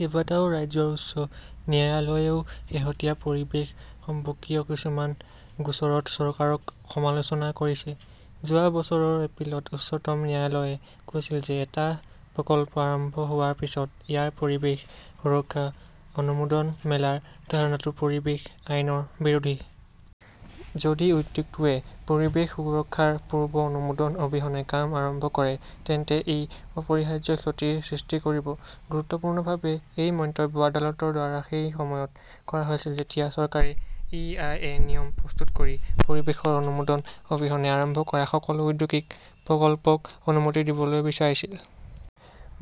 কেইবাটাও ৰাজ্যৰ উচ্চ ন্যায়ালয়েও শেহতীয়া পৰিৱেশ সম্পৰ্কীয় কিছুমান গোচৰত চৰকাৰক সমালোচনা কৰিছে। যোৱা বছৰৰ এপ্ৰিলত উচ্চতম ন্যায়ালয়ে কৈছিল যে এটা প্ৰকল্প আৰম্ভ হোৱাৰ পিছত ইয়াৰ পৰিৱেশ সুৰক্ষা অনুমোদন মেলাৰ ধাৰণাটো পৰিৱেশ আইনৰ বিৰোধী। যদি উদ্যোগটোৱে পৰিৱেশ সুৰক্ষাৰ পূৰ্ব অনুমোদন অবিহনে কাম আৰম্ভ কৰে তেন্তে ই অপৰিহাৰ্য ক্ষতিৰ সৃষ্টি কৰিব। গুৰুত্বপূৰ্ণভাৱে এই মন্তব্য আদালতৰ দ্বাৰা সেই সময়ত কৰা হৈছিল যেতিয়া চৰকাৰে ই. আই. এ. নিয়ম প্ৰস্তুত কৰি পৰিৱেশৰ অনুমোদন অবিহনে আৰম্ভ কৰা সকলো ঔদ্যোগিক প্ৰকল্পক অনুমতি দিবলৈ বিচাৰিছিল।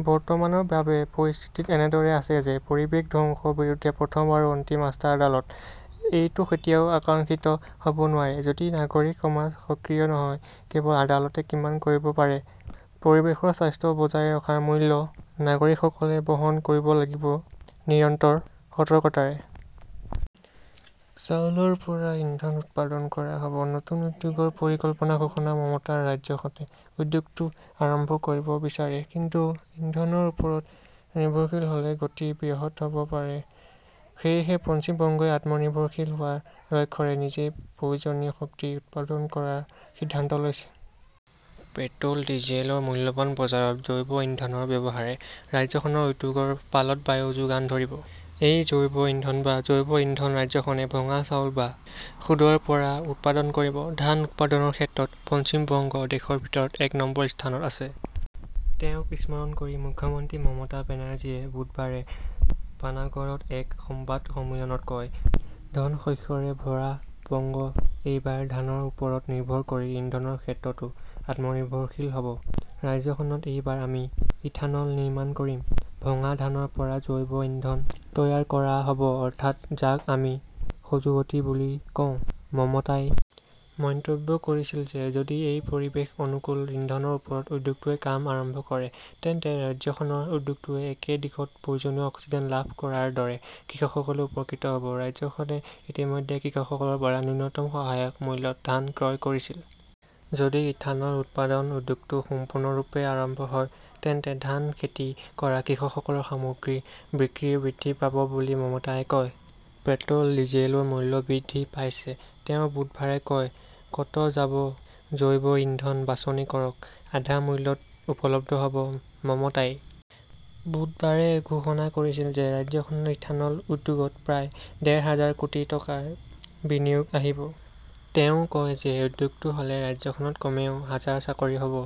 বৰ্তমানৰ বাবে পৰিস্থিতি এনেদৰে আছে যে পৰিৱেশ ধ্বংসৰ বিৰুদ্ধে প্ৰথম আৰু অন্তিম আস্থা আদালত। এইটো কেতিয়াও আকাংক্ষিত হ'ব নোৱাৰে। যদি নাগৰিক সমাজ সক্ৰিয় নহয়, কেৱল আদালতে কিমান কৰিব পাৰে? পৰিৱেশৰ স্বাস্থ্য বজাই ৰখাৰ মূল্য নাগৰিকসকলে বহন কৰিব লাগিব নিৰন্তৰ সতৰ্কতাৰে। চাউলৰ পৰা ইন্ধন উৎপাদন কৰা হ'ব, নতুন উদ্যোগৰ পৰিকল্পনা ঘোষণা মমতাৰ ৰাজ্যখনে উদ্যোগটো আৰম্ভ কৰিব বিচাৰে। কিন্তু ইন্ধনৰ ওপৰত নিৰ্ভৰশীল হ'লে গতি ব্যাহত হ'ব পাৰে। সেয়েহে পশ্চিম বংগই আত্মনিৰ্ভৰশীল হোৱাৰ লক্ষ্যৰে নিজেই প্ৰয়োজনীয় শক্তি উৎপাদন কৰাৰ সিদ্ধান্ত লৈছে। পেট্ৰ'ল, ডিজেলৰ মূল্যৱান বজাৰত জৈৱ ইন্ধনৰ ব্যৱহাৰে ৰাজ্যখনৰ উদ্যোগৰ পালত বায়ু যোগান ধৰিব। এই জৈৱ ইন্ধন বা জৈৱ ইন্ধন ৰাজ্যখনে ভঙা চাউল বা খুডৰ পৰা উৎপাদন কৰিব। ধান উৎপাদনৰ ক্ষেত্ৰত পশ্চিম বংগ দেশৰ ভিতৰত এক নম্বৰ স্থানত আছে। তেওঁক স্মৰণ কৰি মুখ্যমন্ত্ৰী মমতা বেনাৰ্জীয়ে বুধবাৰে পানাগড়ত এক সংবাদ সন্মিলনত কয়, ধন শস্যৰে ভৰা বংগ এইবাৰ ধানৰ ওপৰত নিৰ্ভৰ কৰি ইন্ধনৰ ক্ষেত্ৰতো আত্মনিৰ্ভৰশীল হ'ব। ৰাজ্যখনত এইবাৰ আমি ইথানল নিৰ্মাণ কৰিম। ভঙা ধানৰ পৰা জৈৱ ইন্ধন তৈয়াৰ কৰা হ 'ব, অৰ্থাৎ যাক আমি খজুৱতি বুলি কওঁ। মমতাই মন্তব্য কৰিছিল যে যদি এই পৰিৱেশ অনুকূল ইন্ধনৰ ওপৰত উদ্যোগটোৱে কাম আৰম্ভ কৰে তেন্তে ৰাজ্যখনৰ উদ্যোগটোৱে একে দিশত প্ৰয়োজনীয় অক্সিজেন লাভ কৰাৰ দৰে কৃষকসকলেও উপকৃত হ'ব। ৰাজ্যখনে ইতিমধ্যে কৃষকসকলৰ পৰা ন্যূনতম সহায়ক মূল্যত ধান ক্ৰয় কৰিছিল। যদি ইথানল উৎপাদন উদ্যোগটো সম্পূৰ্ণৰূপে আৰম্ভ হয়, তেন্তে ধান খেতি কৰা কৃষকসকলৰ সামগ্ৰীৰ বিক্ৰীও বৃদ্ধি পাব বুলি মমতাই কয়। পেট্ৰ'ল, ডিজেলৰ মূল্য বৃদ্ধি পাইছে, তেওঁ বুধবাৰে কয়। ক'ত যাব, জৈৱ ইন্ধন বাছনি কৰক। আধা মূল্যত উপলব্ধ হ'ব। মমতাই বুধবাৰে ঘোষণা কৰিছিল যে ৰাজ্যখনত ইথানল উদ্যোগত প্ৰায় ডেৰ হাজাৰ কোটি টকাৰ বিনিয়োগ আহিব। তেওঁ কয় যে উদ্যোগটো হ'লে ৰাজ্যখনত কমেও হাজাৰ চাকৰি হ'ব।